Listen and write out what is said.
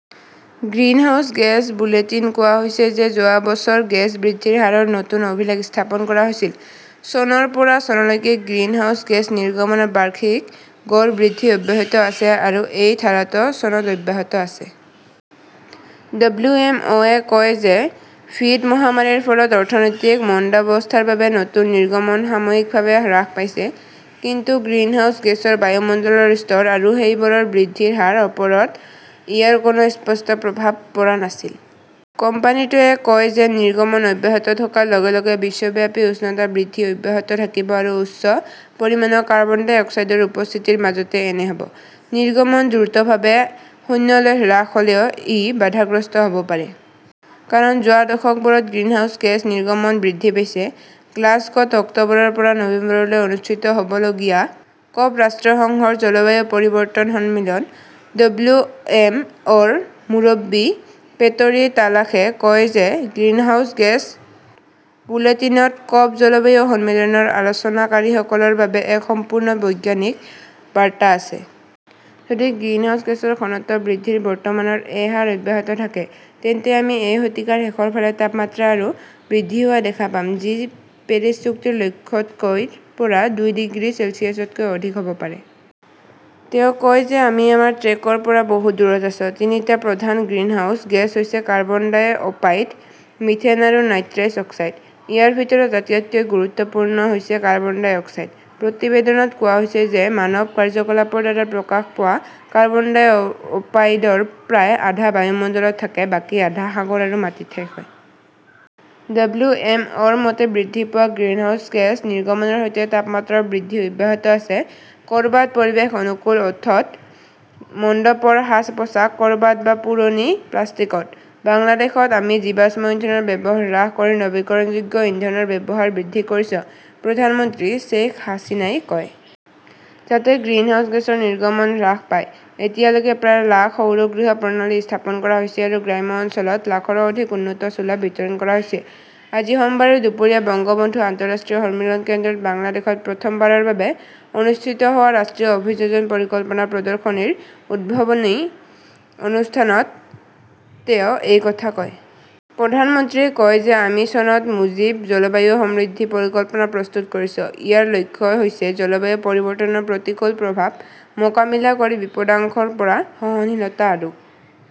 Greenhouse gas বুলেটিনত কোৱা হৈছে যে যোৱা বছৰ গেছ বৃদ্ধিৰ হাৰত নতুন অভিলেখ স্থাপন কৰা হৈছিল। চনৰ পৰা চনলৈকে গ্ৰীণহাউছ গেছ নিৰ্গমনৰ বাৰ্ষিক গড় বৃদ্ধি অব্যাহত আছে আৰু এই ধাৰাটো চনত অব্যাহত আছে। ডব্লিউ. এম. অ '. -য়ে কয় যে ক "ভিড- মহামাৰীৰ ফলত হোৱা অৰ্থনৈতিক মন্দাৱস্থাৰ বাবে নতুন নিৰ্গমন সাময়িকভাৱে হ্ৰাস পাইছে। কিন্তু গ্ৰিনহাউজ গেছৰ বায়ুমণ্ডলৰ স্তৰ আৰু সেইবোৰৰ বৃদ্ধিৰ হাৰৰ ওপৰত ইয়াৰ কোনো স্পষ্ট প্ৰভাৱ পৰা নাছিল। কোম্পানীটোৱে কয় যে নিৰ্গমন অব্যাহত থকাৰ লগে লগে বিশ্বব্যাপী উষ্ণতা বৃদ্ধি অব্যাহত থাকিব আৰু উচ্চ পৰিমাণৰ কাৰ্বন ডাই অক্সাইডৰ উপস্থিতিৰ মাজতে এনে হ "ব। নিৰ্গমন দ্ৰুতভাৱে শূন্যলৈ হ্ৰাস হ "লেও ই বাধাগ্ৰস্ত হ" ব পাৰে। কাৰণ যোৱা দশকবোৰত গ্ৰিনহাউজ গেছ নিৰ্গমন বৃদ্ধি পাইছে। গ্লাছগোত অক্টোবৰৰ পৰা নৱেম্বৰলৈ অনুষ্ঠিত হ "বলগীয়া ক" প ৰাষ্ট্ৰসংঘৰ জলবায়ু পৰিৱৰ্তন সন্মিলন। ডব্লিউ. এম. অ '. -ৰ মুৰব্বী পেটৰী তালাসে কয় যে গ্ৰীণহাউছ গেছ বুলেটিনত ক' প জলবায়ু সন্মিলনৰ আলোচনাকাৰীসকলৰ বাবে এক সম্পূৰ্ণ বৈজ্ঞানিক বাৰ্তা আছে। যদি গ্ৰীণহাউছ গেছৰ ঘনত্ব বৃদ্ধিৰ বৰ্তমানৰ এ হাৰ অব্যাহত থাকে, তেন্তে আমি এই শতিকাৰ শেষৰ ফালে তাপমাত্ৰা আৰু বৃদ্ধি হোৱা দেখা পাম যি পেৰিছ চুক্তিৰ লক্ষ্যতকৈ ৰ পৰা দুই ডিগ্ৰী চেলছিয়াছতকৈ অধিক হ 'ব পাৰে। তেওঁ কয় যে আমি আমাৰ ট্ৰেকৰ পৰা বহু দূৰত আছো। তিনিটা প্ৰধান গ্ৰিনহাউজ গেছ হৈছে-কাৰ্বন ডাই-অপাইড, মিথেন আৰু নাইট্ৰছ অক্সাইড। ইয়াৰ ভিতৰত আটাইতকৈ গুৰুত্বপূৰ্ণ হৈছে কাৰ্বন ডাই অক্সাইড। প্ৰতিবেদনত কোৱা হৈছে যে মানৱ কাৰ্যকলাপৰ দ্বাৰা প্ৰকাশ পোৱা কাৰ্বন ডাই-অপাইডৰ প্ৰায় আধা বায়ুমণ্ডলত থাকে, বাকী আধা সাগৰ আৰু মাটিত শেষ হয়। ডব্লিউ. এম. অ '. -ৰ মতে, বৃদ্ধি পোৱা গ্ৰিনহাউজ গেছ নিৰ্গমনৰ সৈতে তাপমাত্ৰাও বৃদ্ধি অব্যাহত আছে। ক 'ৰবাত পৰিৱেশ-অনুকূল ওঁঠত মণ্ডপৰ সাজ-পোছাক, ক' ৰবাত বা পুৰণি প্লাষ্টিকত। বাংলাদেশত আমি জীৱাশ্ম ইন্ধনৰ ব্যৱহাৰ হ্ৰাস কৰি নৱীকৰণযোগ্য ইন্ধনৰ ব্যৱহাৰ বৃদ্ধি কৰিছো ", প্ৰধানমন্ত্ৰী শ্বেইখ হাছিনাই কয়। যাতে গ্ৰিনহাউজ গেছৰ নিৰ্গমন হ্ৰাস পায়। এতিয়ালৈকে প্ৰায় লাখ সৌৰ গৃহ প্ৰণালী স্থাপন কৰা হৈছে আৰু গ্ৰাম্য অঞ্চলত লাখৰো অধিক উন্নত চুলা বিতৰণ কৰা হৈছে। আজি সোমবাৰে দুপৰীয়া বংগবন্ধু আন্তঃৰাষ্ট্ৰীয় সন্মিলন কেন্দ্ৰত বাংলাদেশত প্ৰথমবাৰৰ বাবে অনুষ্ঠিত হোৱা ৰাষ্ট্ৰীয় অভিযোজন পৰিকল্পনা প্ৰদৰ্শনী- -ৰ উদ্বোধনী অনুষ্ঠানত তেওঁ এই কথা কয়। প্ৰধানমন্ত্ৰীয়ে কয় যে আমি চনত মুজীব জলবায়ু সমৃদ্ধি পৰিকল্পনা প্ৰস্তুত কৰিছো। ইয়াৰ লক্ষ্য হৈছে জলবায়ু পৰিৱৰ্তনৰ প্ৰতিকূল প্ৰভাৱ মোকাবিলা কৰি বিপদাশংকাৰ পৰা সহনশীলতা আৰু